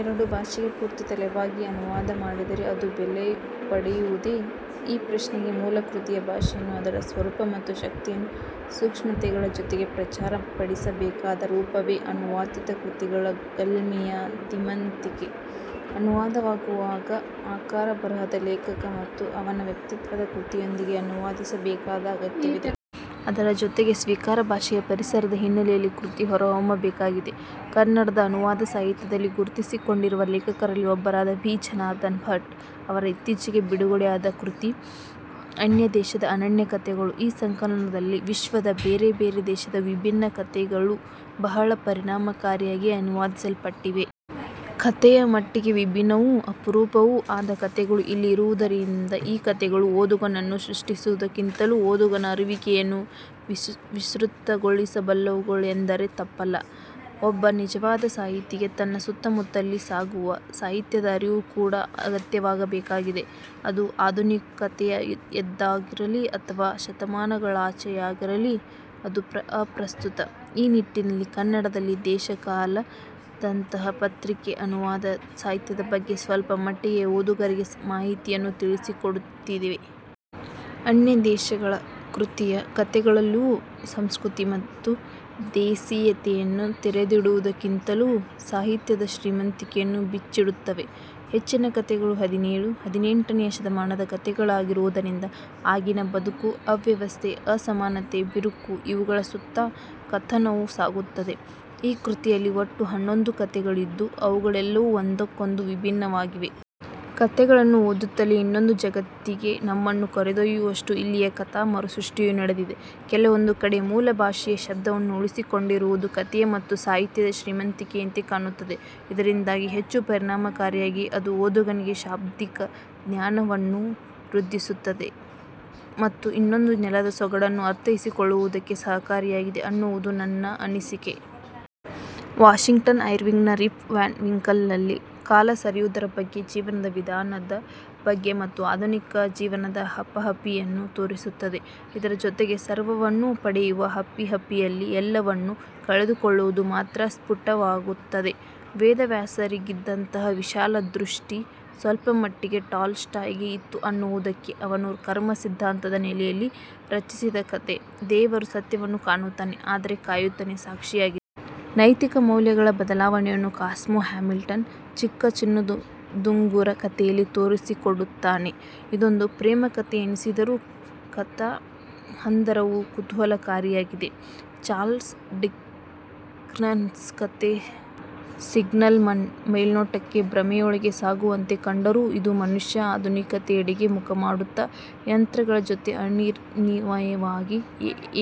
ಎರಡು ಭಾಷೆಗೆ ಪೂರ್ತಿ ತಲೆಬಾಗಿ ಅನುವಾದ ಮಾಡಿದರೆ ಅದು ಬೆಲೆ ಪಡೆಯುವುದೆ? ' ಈ ಪ್ರಶ್ನೆಗೆ ಮೂಲ ಕೃತಿಯ ಭಾಷೆಯನ್ನು ಅದರ ಸ್ವರೂಪ ಮತ್ತು ಶಕ್ತಿಯನ್ನು ಸೂಕ್ಷ್ಮತೆಗಳ ಜೊತೆಗೆ ಪ್ರಚಾರ ಪಡಿಸಬೇಕಾದ ರೂಪವೇ ಅನುವಾದಿತ ಕೃತಿಗಳ ಗೆಲ್ಮೆಯ ಧೀಮಂತಿಕೆ. ಅನುವಾದವಾಗುವಾಗ ಆಕರ ಬರಹದ ಲೇಖಕ ಮತ್ತು ಅವನ ವ್ಯಕ್ತಿತ್ವದ ಕೃತಿಯೊಂದಿಗೆ ಅನುವಾದಿಸಬೇಕಾದ ಅಗತ್ಯವಿದೆ. ಅದರ ಜೊತೆಗೆ ಸ್ವೀಕಾರ ಭಾಷೆಯ ಪರಿಸರದ ಹಿನ್ನಲೆಯಲ್ಲಿ ಕೃತಿ ಹೊರಹೊಮ್ಮಬೇಕಾಗಿದೆ. ಕನ್ನಡದ ಅನುವಾದ ಸಾಹಿತ್ಯದಲ್ಲಿ ಗುರುತಿಸಿಕೊಂಡಿರುವ ಲೇಖಕರಲ್ಲಿ ಒಬ್ಬರಾದ 'ಬಿ. ಜನಾರ್ಧನ ಭಟ್' ಅವರ ಇತ್ತೀಚೆಗೆ ಬಿಡುಗಡೆಯಾದ ಕೃತಿ 'ಅನ್ಯ ದೇಶದ ಅನನ್ಯ ಕತೆಗಳು'. ಈ ಸಂಕಲನದಲ್ಲಿ ವಿಶ್ವದ ಬೇರೆ ಬೇರೆ ದೇಶದ ವಿಭಿನ್ನ ಕಥೆಗಳು ಬಹಳ ಪರಿಣಾಮಕಾರಿಯಾಗಿ ಅನುವಾದಿಸಲ್ಪಟ್ಟಿವೆ. ಕಥೆಯ ಮಟ್ಟಿಗೆ ವಿಭಿನ್ನವೂ, ಅಪರೂಪವೂ ಆದ ಕಥೆಗಳು ಇಲ್ಲಿರುವುದರಿಂದ ಈ ಕಥೆಗಳು ಓದುಗನನ್ನು ಸೃಷ್ಟಿಸುವುದಕ್ಕಿಂತಲೂ ಓದುಗನ ಅರಿಯುವಿಕೆಯನ್ನು ವಿಸೃತಗೊಳಿಸಬಲ್ಲವುಗಳೆಂದರೆ ತಪ್ಪಲ್ಲ. ಒಬ್ಬ ನಿಜವಾದ ಸಾಹಿತಿಗೆ ತನ್ನ ಸುತ್ತಮುತ್ತಲಲ್ಲಿ ಸಾಗುವ ಸಾಹಿತ್ಯದ ಅರಿವು ಕೂಡ ಅಗತ್ಯವಾಗಿಬೇಕಾಗಿದೆ. ಅದು ಆಧುನಿಕತೆಯದ್ದಾಗಿರಲಿ ಅಥವಾ ಶತಮಾನಗಳಾದಾಚೆಯಾಗಿರಲಿ, ಅದು ಅಪ್ರಸ್ತುತ. ಈ ನಿಟ್ಟಿನಲ್ಲಿ ಕನ್ನಡದಲ್ಲಿ 'ದೇಶಕಾಲ'ದಂತಹ ಪತ್ರಿಕೆ ಅನುವಾದ ಸಾಹಿತ್ಯದ ಬಗ್ಗೆ ಸ್ವಲ್ಪ ಮಟ್ಟಿಗೆ ಓದುಗರಿಗೆ ಮಾಹಿತಿಯನ್ನ ತಿಳಿಸಿಕೊಡುತ್ತಿದೆ. 'ಅನ್ಯ ದೇಶಗಳ' ಕೃತಿಯ ಕಥೆಗಳೆಲ್ಲವೂ ಸಂಸ್ಕೃತಿ ಮತ್ತು ದೇಸೀಯತೆಯನ್ನು ತೆರೆದಿಡುವುದಕ್ಕಿಂತಲೂ ಸಾಹಿತ್ಯದ ಶ್ರೀಮಂತಿಕೆಯನ್ನು ಬಿಚ್ಚಿಡುತ್ತವೆ. ಹೆಚ್ಚಿನ ಕಥೆಗಳು ಹದಿನೇಳು, ಹದಿನೆಂಟನೆಯ ಶತಮಾನದ ಕಥೆಗಳಾಗಿರುವುದರಿಂದ ಆಗಿನ ಬದುಕು, ಅವ್ಯವಸ್ಥೆ, ಅಸಮಾನತೆ, ಬಿರುಕು ಇವುಗಳ ಸುತ್ತಾ ಕಥನಕವು ಸಾಗುತ್ತದೆ. ಈ ಕೃತಿಯಲ್ಲಿ ಒಟ್ಟು ಹನ್ನೊಂದು ಕಥೆಗಳಿದ್ದು ಅವೆಲ್ಲವೂ ಒಂದಕ್ಕೊಂದು ವಿಭಿನ್ನವಾಗಿವೆ. ಕಥೆಗಳನ್ನು ಓದುತ್ತಲೇ ಇನ್ನೊಂದು ಜಗತ್ತಿಗೆ ನಮ್ಮನ್ನು ಕರೆದೊಯ್ಯುವಷ್ಟು ಇಲ್ಲಿಯ ಕಥಾ ಮರುಸೃಷ್ಟಿಯೂ ನಡೆದಿದೆ. ಕೆಲವೊಂದು ಕಡೆ ಮೂಲ ಭಾಷೆಯ ಶಬ್ದವನ್ನು ಉಳಿಸಿಕೊಂಡಿರುವುದು ಕಥೆಯ ಮತ್ತು ಸಾಹಿತ್ಯದ ಶ್ರೀಮಂತಿಕೆಯಂತೆ ಕಾಣುತ್ತದೆ. ಇದರಿಂದಾಗಿ ಹೆಚ್ಚು ಪರಿಣಾಮಕಾರಿಯಾಗಿ ಅದು ಓದುಗನಿಗೆ ಶಾಬ್ದಿಕ ಜ್ಞಾನವನ್ನೂ ವೃದ್ಧಿಸುವುದಕ್ಕೆ ಮತ್ತು ಇನ್ನೊಂದು ನೆಲದ ಸೊಗಡನ್ನು ಅರ್ಥೈಸಿಕೊಳ್ಳುವುದಕ್ಕೆ ಸಹಕಾರಿಯಾಗಿದೆ ಅನ್ನುವುದು ನನ್ನ ಅನಿಸಿಕೆ. ವಾಷಿಂಗ್ಟನ್ ಐರ್ವಿಂಗ್ನ 'ರಿಪ್ ವ್ಯಾನ್ ವಿಂಕಲ್'ನಲ್ಲಿ ಕಾಲ ಸರಿಯುವುದರ ಬಗ್ಗೆ, ಜೀವನ ವಿಧಾನದ ಬಗ್ಗೆ ಮತ್ತು ಆಧುನಿಕ ಜೀವನದ ಹಪಹಪಿಯನ್ನ ತೋರಿಸುತ್ತದೆ. ಇದರ ಜೊತೆಗೆ ಸರ್ವವನ್ನೂ ಪಡೆಯುವ ಹಪಿಹಪಿಯಲ್ಲಿ ಎಲ್ಲವನ್ನೂ ಕಳೆದುಕೊಳ್ಳುವುದು ಮಾತ್ರ ಸ್ಪುಟವಾಗುತ್ತದೆ. ವೇದವ್ಯಾಸರಿಗಿದ್ದಂತಹ ವಿಶಾಲ ದೃಷ್ಟಿ ಸ್ವಲ್ಪಮಟ್ಟಿಗೆ ಟಾಲ್ ಸ್ಟಾಯ್ ಗೆ ಇತ್ತು ಅನ್ನುವುದಕ್ಕೆ ಅವನು ಕರ್ಮಸಿದ್ಧಾಂತದ ನೆಲೆಯಲ್ಲಿ ರಚಿಸಿದ ಕಥೆ, 'ದೇವರು ಸತ್ಯವನ್ನು ಕಾಣುತ್ತಾನೆ, ಆದರೆ ಕಾಯುತ್ತಾನೆ' ಸಾಕ್ಷಿಯಾಗಿದೆ. ನೈತಿಕ ಮೌಲ್ಯಗಳ ಬದಲಾವಣೆಯನ್ನು ಕಾಸ್ಮೋ ಹ್ಯಾಮಿಲ್ಟನ್ 'ಚಿಕ್ಕ ಚಿನ್ನದುಂಗುರ' ಕಥೆಯಲ್ಲಿ ತೋರಿಸಿಕೊಡುತ್ತಾನೆ. ಇದೊಂದು ಪ್ರೇಮಕಥೆಯಿನಿಸಿದರೂ ಕಥಾ ಹಂದರವು ಕುತೂಹಲಕಾರಿಯಾಗಿದೆ. ಚಾರ್ಲ್ಸ್ ಡಿಕನ್ಸ್ನ ಕಥೆ 'ಸಿಗ್ನಲ್ ಮನ್' ಮೇಲ್ನೋಟಕ್ಕೆ ಭ್ರಮೆಯೊಳಗೆ ಸಾಗುವಂತೆ ಕಂಡರೂ ಇದು ಮನುಷ್ಯ ಆಧುನಿಕತೆಯೆಡೆಗೆ ಮುಖಮಾಡುತ್ತಾ ಯಂತ್ರಗಳ ಜೊತೆಗೆ ಅನಿವಾರ್ಯವಾಗಿ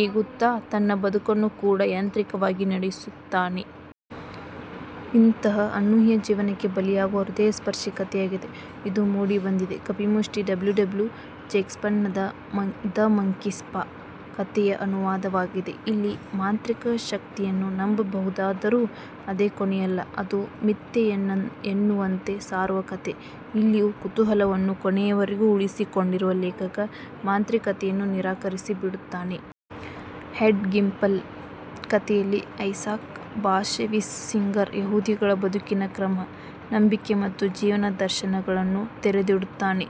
ಏಗುತ್ತಾ ತನ್ನ ಬದುಕನ್ನು ಕೂಡ ಯಾಂತ್ರಿಕವಾಗಿ ನಡೆಸುತ್ತಾನೆ. ಇಂತಹ ಅನೂಹ್ಯ ಜೀವನಕ್ಕೆ ಬಲಿಯಾಗುವ ಹೃದಯಸ್ಪರ್ಶಿ ಕಥೆಯಾಗಿದೆ ಇದು ಮೂಡಿಬಂದಿದೆ. 'ಕಪಿ ಮುಷ್ಟಿ' ಡಬ್ಲ್ಯು ಡಬ್ಲ್ಯು ಜೇಕಬ್ಸ್ ನ 'ದ ಮಂಕೀಸ್ ಪಾ' ಕಥೆಯ ಅನುವಾದವಾಗಿದೆ. ಇಲ್ಲಿ ಮಾಂತ್ರಿಕ ಶಕ್ತಿಯನ್ನು ನಂಬಬಹುದಾದರೂ ಅದೇ ಕೊನೆಯಲ್ಲ. ಅದು ಮಿಥ್ಯೆಯೆನ್ನುವಂತೆ ಸಾರುವ ಕಥೆ. ಇಲ್ಲಿಯೂ ಕುತೂಹಲವನ್ನು ಕೊನೆಯವರೆಗೂ ಉಳಿಸಿಕೊಂಡಿರುವ ಲೇಖಕ ಮಾಂತ್ರಿಕತೆಯನ್ನು ನಿರಾಕರಿಸಿಬಿಡುತ್ತಾನೆ. 'ಹೆಡ್ಡ ಗಿಂಪೆಲ್' ಕಥೆಯಲ್ಲಿ ಐಸಾಕ್ ಬಾಷೆವಿಸ್ ಸಿಂಗರ್ ಯಹೂದಿಗಳ ಬದುಕಿನ ಕ್ರಮ, ನಂಬಿಕೆ ಮತ್ತು ಜೀವನದರ್ಶನಗಳನ್ನು ತೆರೆದಿಡುತ್ತಾನೆ.